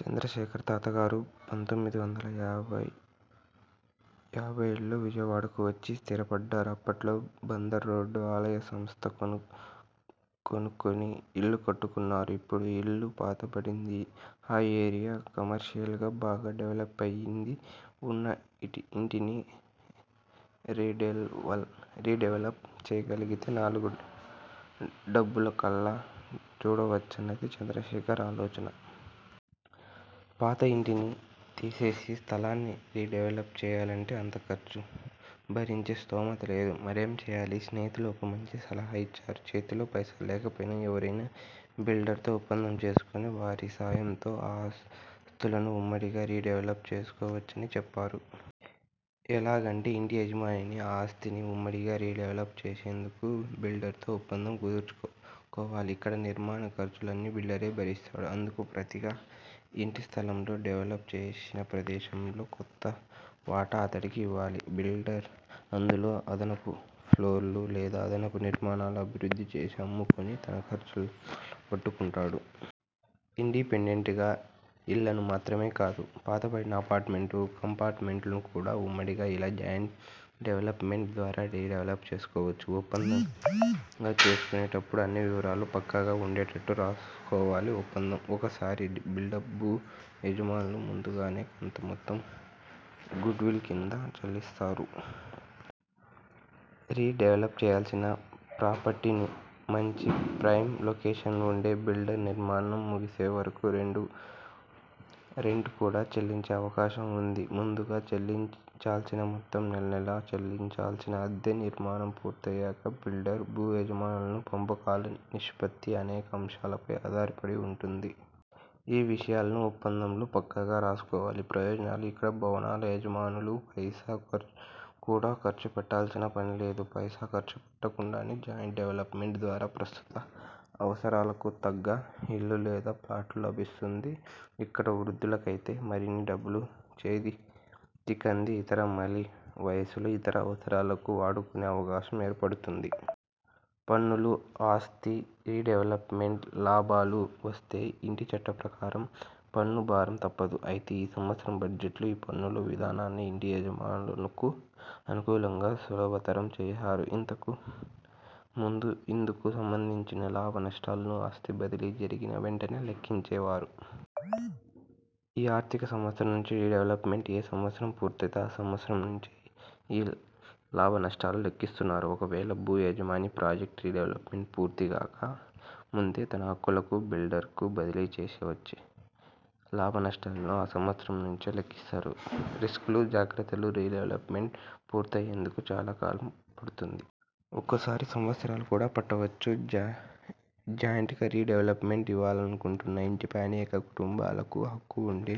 చంద్రశేఖర్ తాతగారు పంతొమ్మిది వందల యాభైల్లో విజయవాడకు వచ్చి స్థిరపడ్డారు. అప్పట్లో బందర్ రోడ్లో ఆయన స్థలం కొనుక్కొని ఇల్లు కట్టుకున్నారు. ఇప్పుడా ఇళ్లు పాతబడింది. ఆ ఏరియా కమర్షియల్గా బాగా డెవలప్ అయింది. ఉన్న ఇంటిని రీడెవలప్ చేయగలిగితే నాలుగు డబ్బులు కళ్ల జూడవచ్చన్నది చంద్రశేఖర్ ఆలోచన. పాత ఇంటిని తీసేసి స్థలాన్ని రీడెవలప్ చేయాలంటే అంత ఖర్చు భరించే స్తోమత లేదు. మరేం చేయాలి. స్నేహితులు ఒక మంచి సలహా ఇచ్చారు. చేతిలో పైసా లేకపోయినా, ఎవరైనా బిల్డర్తో ఒప్పందం చేసుకొని వారి సాయంతో మన ఆస్తులను ఉమ్మడిగా రీ డెవలప్ చేసుకోవచ్చని చెప్పారు. ఎలాగంటే, ఇంటి యజమాని ఆ ఆస్తిని ఉమ్మడిగా రీడెవలప్ చేసేందుకు బిల్డర్తో ఒప్పందం కుదుర్చుకోవాలి. ఇక్కడ నిర్మాణ ఖర్చులన్నీ బిల్డరే భరిస్తాడు. అందుకు ప్రతిగా ఇంటి స్థలంలో, డెవలప్ చేసిన ప్రదేశం లో కొంత వాటా అతడికి ఇవ్వాలి. బిల్డర్ అందులో అదనపు ఫ్లోర్ లేదా అదనపు నిర్మాణాలు అభివృద్ధి చేసి అమ్ముకుని తన ఖర్చులు, లాభాలు రాబట్టుకుంటాడు. ఇండిపెండెంట్ ఇళ్లను మాత్రమే కాదు పాతబడిన అపార్ట్మెంట్ కాంప్లెక్స్లను కూడా ఉమ్మడిగా ఇలా జాయింట్ డెవల్పమెంట్ ద్వారా రీడెవలప్ చేసుకోవచ్చు. ఒప్పందం చేసుకునేటపుడే అన్ని వివరాలు పక్కాగా ఉండేటట్టు రాసుకోవాలి. ఒప్పందం.. ఒక్కోసారి బిల్డర్ భూ యజమానులకు ముందుగానే కొంత మొత్తం గుడ్విల్ కింద చెల్లిస్తారు. రీడెవలప్ చేయాల్సిన ప్రాపర్టీ మంచి ప్రైమ్ లొకేషన్లో ఉంటే బిల్డర్ నిర్మాణం ముగిసే వరకు రెంట్ కూడా చెల్లించే అవకాశం ఉంది. ముందుగా చెల్లించాల్సిన మొత్తం, నెలనెలా చెల్లించాల్సిన అద్దె, నిర్మాణం పూర్తయ్యాక బిల్డర్, భూ యజమానుల పంపకాల నిష్పత్తి అనేక అంశాలపై ఆధారపడి ఉంటుంది. ఈ విషయాలనూ ఒప్పందంలో పక్కాగా రాసుకోవాలి. ప్రయోజనాలు ఇక్కడ భవనాల యజమానులు పైసా కూడా ఖర్చు పెట్టాల్సిన పని లేదు. పైసా ఖర్చు పెట్టకుండానే జాయింట్ డెవలప్మెంట్ ద్వారా ప్రస్తుత అవసరాలకు తగ్గ ఇల్లు లేదా ఫ్లాట్ లభిస్తుంది. ఇక వృద్ధులకైతే మరిన్ని డబ్బులు చేతికంది ఇతర మలి వయసులో ఇతర అవసరాలకు వాడుకునే అవకాశం ఏర్పడుతుంది. పన్నులు ఆస్తుల రీడెవలప్మెంట్తో లాభాలు వస్తే ఐటి చట్టం ప్రకారం పన్నుల భారం తప్పదు. అయితే ఈ సంవత్సరం బడ్జెట్లో ఈ పన్నుల విధానాన్ని ఇంటి యజమానులకు అనుకూలంగా సులభతరం చేశారు. ఇంతకు ముందు ఇందుకు సంబంధించిన లాభనష్టాలను ఆస్తి బదిలీ జరిగిన వెంటనే లెక్కించే వారు. ఈ ఆర్థిక సంవత్సరం నుంచి రీడెవల్పమెంట్ ఏ సంవత్సరం పూర్తయితే ఆ సంవత్సరం నుంచే ఈ లాభనష్టాలను లెక్కిస్తున్నారు. ఒకవేళ భూ యజమాని ప్రాజెక్టు రీడెవల్పమెంట్ పూర్తిగాక ముందే తన హక్కులను బిల్డర్కు బదిలీ చేస్తే వచ్చే లాభనష్టాలను ఆ సంవత్సరం నుంచే లెక్కిస్తారు. రిస్కులు జాగ్రత్తలు రీడెవలప్మెంట్ పూర్తయ్యేందుకు చాలా కాలం పడుతుంది. ఒక్కోసారి సంవత్సరాలు కూడా పట్టొచ్చు. జాయింట్గా రీడెవలప్మెంట్కు ఇవ్వాలనుకుంటున్న ఇంటిపై అనేక కుటుంబాలకు హక్కు ఉంటే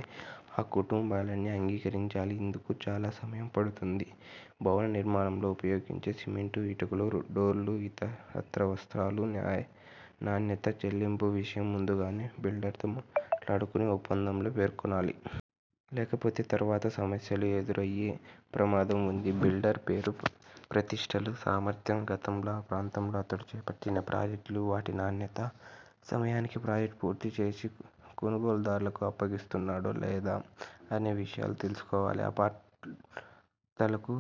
ఆ కుటుంబాలన్నీ అంగీకరించాలి. ఇందుకు చాలా సమయం పడుతుంది. భవన నిర్మాణంలో ఉపయోగించే సిమెంట్, ఇటుకలు, డోర్లు, ఇతరత్రా వస్తువుల నాణ్యత, చెల్లింపుల విషయం ముందుగానే బిల్డర్తో మాట్లాడుకుని ఒప్పందంలో పేర్కొనాలి. లేకపోతే తర్వాత సమస్యలు ఎదురయ్యే ప్రమాదం ఉంది. బిల్డర్ పేరు ప్రతిష్ఠలు, సామర్థ్యం, గతంలో ఆ ప్రాంతంలో అతడు చేపట్టిన ప్రాజెక్టులు, వాటి నాణ్యత, సమయానికి ప్రాజెక్టు పూర్తి చేసి కొనుగోలుదారులకు అప్పగిస్తున్నాడా? లేదా? అనే విషయాలూ తెలుసుకోవాలి. అపార్థాలకు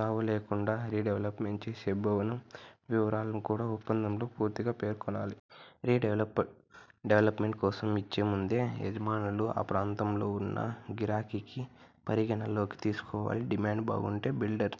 తావు లేకుండా రీడెవలప్ చేసే భవనం వివరాలను కూడా ఒప్పందంలో పూర్తిగా పేర్కొనాలి. రీడెవలప్మెంట్ కోసం ఇచ్చే ముందే యజమానులు ఆ ప్రాం తంలో ఉన్న గిరాకీని పరిగణనలోకి తీసుకోవాలి. డిమాండ్ బాగుంటే బిల్డర్